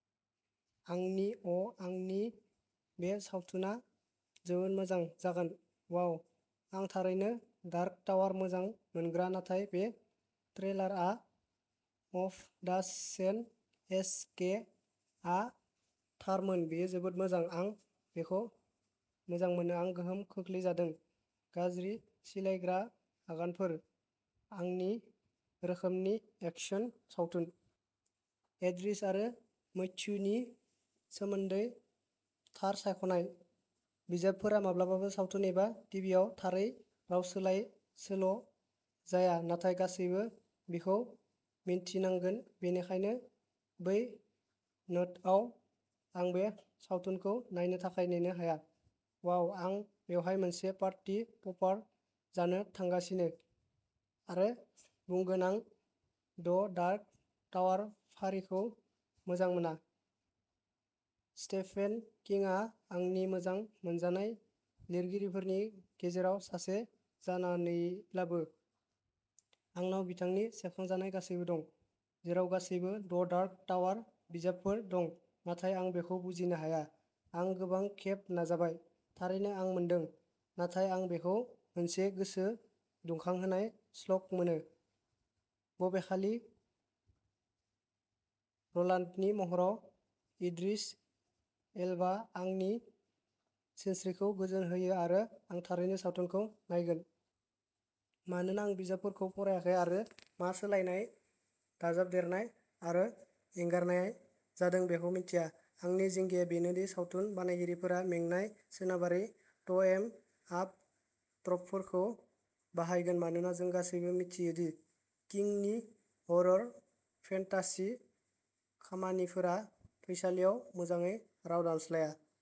आंनि अ' आंनि बे सावथुना जोबोद मोजां जागोन वाव आं थारैनो डार्क टावार मोजां मोनग्रा नाथाय बे ट्रेलारआ अफ दा चेन एस के आ थारमोन बेयो जोबोद मोजां आं बेखौ मोजां मोनो आं गोहोम खोख्लैजादों गाज्रि सिलायग्रा आगानफोर, आंनि रोखोमनि एक्शन सावथुन। इद्रिस आरो मैथ्यूनि सोमोन्दै थार सायख'नाय। बिजाबफोरा माब्लाबाबो सावथुन एबा टिभिआव' थारै राव सोलाय सोल' जाया नाथाय गासैबो बेखौ मिन्थिनांगोन बेनिखायनो बै नोटआव आं बे सावथुनखौ नायनो थाखाय नेनो हाया। वाव आं बेवहाय मोनसे पार्टी प'पार जानो थांगासिनो आरो बुंगोन आं द डार्क टावार फारिखौ मोजां मोना, स्टेफेन किंआ आंनि मोजां मोनजानाय लिरगिरिफोरनि गेजेराव सासे जानानैब्लाबो। आंनाव बिथांनि सेबखांजानाय गासैबो दं, जेराव गासैबो द डार्क टावार बिजाबफोर दं, नाथाय आं बेखौ बुजिनो हाया। आं गोबां खेब नाजाबाय, थारैनो आं मोनदों, नाथाय आं बेखौ मोनसे गोसो दुंखांहोनाय स्लग मोनो। बबेखानि र'लान्डनि महराव इद्रिस एल्बा आंनि सिनस्रिखौ गोजोन होयो आरो आं थारैनो सावथुनखौ नायगोन। मानोना आं बिजाबफोरखौ फरायाखै आरो मा सोलायनाय, दाजाबदेरनाय, आरो एंगारनाय जादों बेखौ मिन्थिया, आंनि जिंगाया बेनो दि सावथुन बानायगिरिफोरा मेंनाय सोनाबारि ट'एम-आप ट्रपफोरखौ बाहायगोन मानोना जों गासैबो मिथियो दि किंनि हरर फेन्टासि खामानिफोरा फैसालियाव मोजाङै राव दानस्लाया।